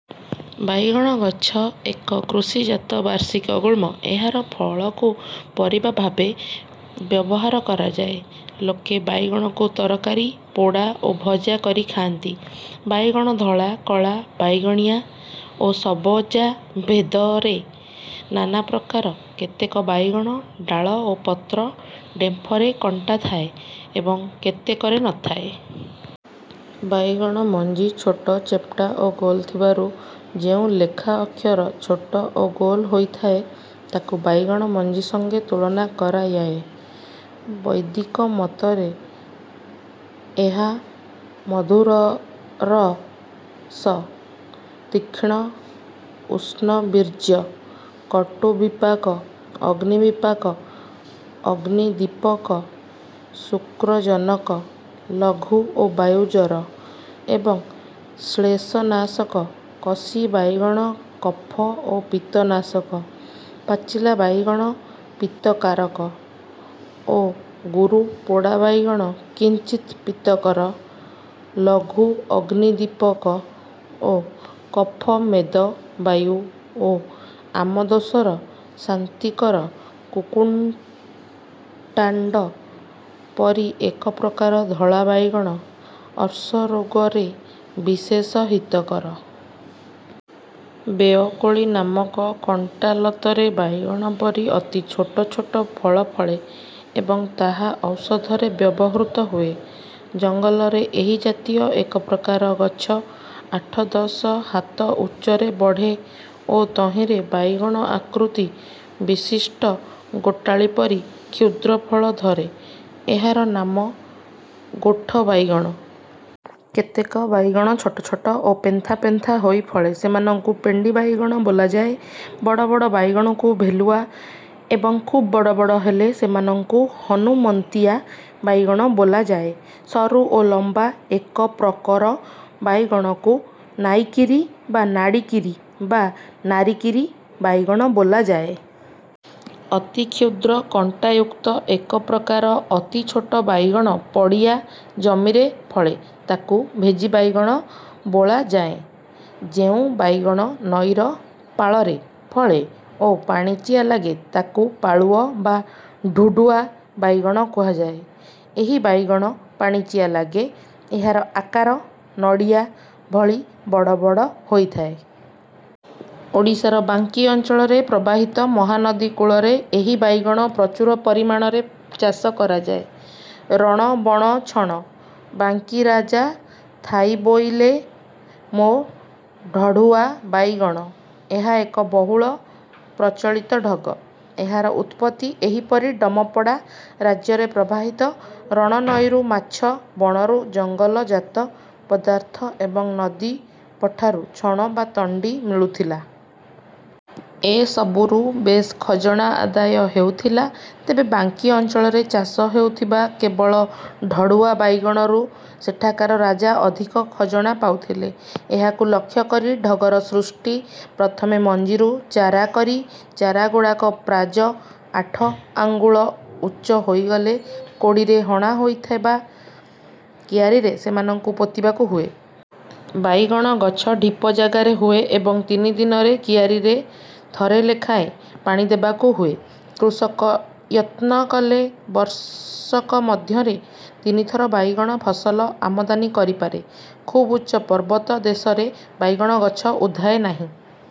ବାଇଗଣ ଗଛ ଏକ କୃଷି ଜାତ ବାର୍ଷିକ ଗୁଳ୍ମ। ଏହାର ଫଳକୁ ପରିବା ଭାବେ ବ୍ୟବହାର କରାଯାଏ। ଲୋକେ ବାଇଗଣକୁ ତରକାରୀ ପୋଡ଼ା ଓ ଭଜା କରି ଖାଆନ୍ତି। ବାଇଗଣ ଧଳା କଳା ବାଇଗଣିଆ ଓ ସବଜା ଭେଦରେ ନାନାପ୍ରକାର। କେତେକ ବାଇଗଣ ଡ଼ାଳ ଓ ପତ୍ର ଡ଼େମ୍ଫରେ କଣ୍ଟା ଥାଏ ଏବଂ କେତେକରେ ନ ଥାଏ। ବାଇଗଣ ମଞ୍ଜି ଛୋଟ ଚେପଟା ଓ ଗୋଲ ଥିବାରୁ ଯେଉଁ ଲେଖା ଅକ୍ଷର ଛୋଟ ଓ ଗୋଲ ହୋଇ ଥାଏ ତାକୁ ବାଇଗଣ ମଞ୍ଜି ସଙ୍ଗେ ତୁଳନା କରାୟାଏ। ବୈଦ୍ୟକମତରେ ଏହା ମଧୁରରସ ତୀକ୍ଷ୍ଣ ଉଷ୍ଣବୀର୍ଯ୍ୟ କଟୁବିପାକ ଅଗ୍ନିବିପାକ ଅଗ୍ନିଦୀପକ ଶୁକ୍ରଜନକ ଲଘୁ ଓ ବାୟୁ ଜର ଏବଂ ଶ୍ଲେଷନାଶକ କଷି ବାଇଗଣ କଫ ଓ ପିତ୍ତନାଶକ ପାଚିଲା ବାଇଗଣ ପିତ୍ତକାରକ ଓ ଗୁରୁ ପୋଡ଼ା ବାଇଗଣ କିଞ୍ଚିତ୍ ପିତ୍ତକର ଲଘୁ ଅଗ୍ନିଦୀପକ ଓ କଫ ମେଦ ବାୟୁ ଓ ଆମଦୋଷର ଶାନ୍ତିକର କୁକୁଟାଣ୍ଡ ପରି ଏକ ପ୍ରକାର ଧଳା ବାଇଗଣ ଅର୍ଶରୋଗରେ ବିଶେଷ ହିତକର। ବେଏ କୋଳି ନାମକ କଣ୍ଟାଲତରେ ବାଇଗଣ ପରି ଅତି ଛୋଟ ଛୋଟ ଫଳ ଫଳେ ଏବଂ ତାହା ଔଷଧରେ ବ୍ୟବହୃତ ହୁଏ। ଜଙ୍ଗଲରେ ଏହି ଜାତୀଯ ଏକପ୍ରକାର ଗଛ ଆଠ ଦଶ ହାତ ଉଚ୍ଚରେ ବଢ଼େ ଓ ତହିଁରେ ବାଇଗଣ ଆକୃତି ବିଶିଷ୍ଟ ଗୋଟାଳି ପରି କ୍ଷୁଦ୍ରଫଳ ଧରେ ଏହାର ନାମ ଗୋଠ ବାଇଗଣ। କେତେକ ବାଇଗଣ ଛୋଟ ଛୋଟ ଓ ପେନ୍ଥା ପେନ୍ଥା ହୋଇ ଫଳେ ସେମାନଙ୍କୁ ପେଣ୍ଡୀ ବାଇଗଣ ବୋଲାଯାଏ। ବଡ଼ ବଡ଼ ବାଇଗଣକୁ ଭେଲୁଆ ଏବଂ ଖୁବ୍ ବଡ଼ ବଡ଼ ହେଲେ ସେମାନଙ୍କୁ ହନୁମନ୍ତିଆ ବାଇଗଣ ବୋଲାଯାଏ। ସରୁ ଓ ଲମ୍ବା ଏକପ୍ରକର ବାଇଗଣକୁ ନାଇକିରି ବା ନାଡ଼ିକିରି ବା ନାରିକିରି ବାଇଗଣ ବୋଲାଯାଏ। ଅତି କ୍ଷୁଦ୍ର କଣ୍ଟାୟୁକ୍ତ ଏକପ୍ରକାର ଅତି ଛୋଟ ବାଇଗଣ ପଡ଼ିଆ ଜମିରେ ଫଳେ ତାକୁ ଭେଜୀବାଇଗଣ ବୋଳାଯାଏ। ଯେଉଁ ବାଇଗଣ ନଈର ପାଳରେ ଫଳେ ଓ ପାଣିଚିଆ ଲାଗେ ତାକୁ ପାଳୁଅ ବା ଢୁଢୁଆ ବାଇଗଣ କୁହାଯାଏ। ଏହି ବାଇଗଣ ପାଣିଚିଆ ଲାଗେ। ଏହାର ଆକାର ନଡ଼ିଆ ଭଳି ବଡ଼ ବଡ଼ ହୋଇଥାଏ। ଓଡ଼ିଶାର ବାଙ୍କୀ ଅଞ୍ଚଳରେ ପ୍ରବାହିତ ମହାନଦୀ କୂଳରେ ଏହି ବାଇଗଣ ପ୍ରଚୁର ପରିମାଣରେ ଚାଷ କରାଯାଏ। ରଣ ବଣ ଛଣ। ବାଙ୍କୀରାଜା ଥାଇବୋଇଲେ ମୋ ଢଢ଼ୁଆ ବାଇଗଣ।। ଏହା ଏକ ବହୁଳ ପ୍ରଚଳିତ ଢଗ। ଏହାର ଉତ୍ପତି ଏହିପରି ଡମପଡ଼ା ରାଜ୍ୟରେ ପ୍ରବାହିତ ରଣ ନଈରୁ ମାଛ ବଣରୁ ଜଙ୍ଗଲ ଜାତ ପଦାର୍ଥ ଏବଂ ନଦୀ ପଠାରୁ ଛଣ ବା ତଣ୍ଡି ମିଳୁଥିଲା। ଏ ସବୁରୁ ବେଶ ଖଜଣା ଆଦାୟ ହେଉଥିଲା। ତେବେ ବାଙ୍କୀ ଅଞ୍ଚଳରେ ଚାଷ ହେଉଥିବା କେବଳ ଢଢ଼ୁଆ ବାଇଗଣରୁ ସେଠାକାର ରାଜା ଅଧିକ ଖଜଣା ପାଉଥିଲେ। ଏହାକୁ ଲକ୍ଷ୍ୟ କରି ଢଗର ସୃଷ୍ଟି। ପ୍ରଥମେ ମଞ୍ଜିରୁ ଚାରା କରି ଟାରାଗୁଡ଼ିକ ପ୍ରାଯ ଆଠ ଆଙ୍ଗୁଳ ଉଚ୍ଚ ହୋଇଗଲେ କୋଡ଼ିରେ ହଣା ହୋଇଥିବା କିଆରିରେ ସେମାନଙ୍କୁ ପୋତିବାକୁ ହୁଏ। ବାଇଗଣ ଗଛ ଢ଼ିପ ଯାଗାରେ ହୁଏ ଏବଂ ତିନି ଦିନରେ କିଆରିରେ ଥରେ ଲେଖାଏଁ ପାଣି ଦେବାକୁ ହୁଏ। କୃଷକ ୟତ୍ନ କଲେ ବର୍ଷକ ମଧ୍ୟରେ ତିନିଥର ବାଇଗଣ ଫସଲ ଆମଦାନି କରି ପାରେ। ଖୁବ୍ ଉଚ୍ଚ ପାର୍ବତ ଦେଶରେ ବାଇଗଣ ଗଛ ଉଧାଏ ନାହିଁ।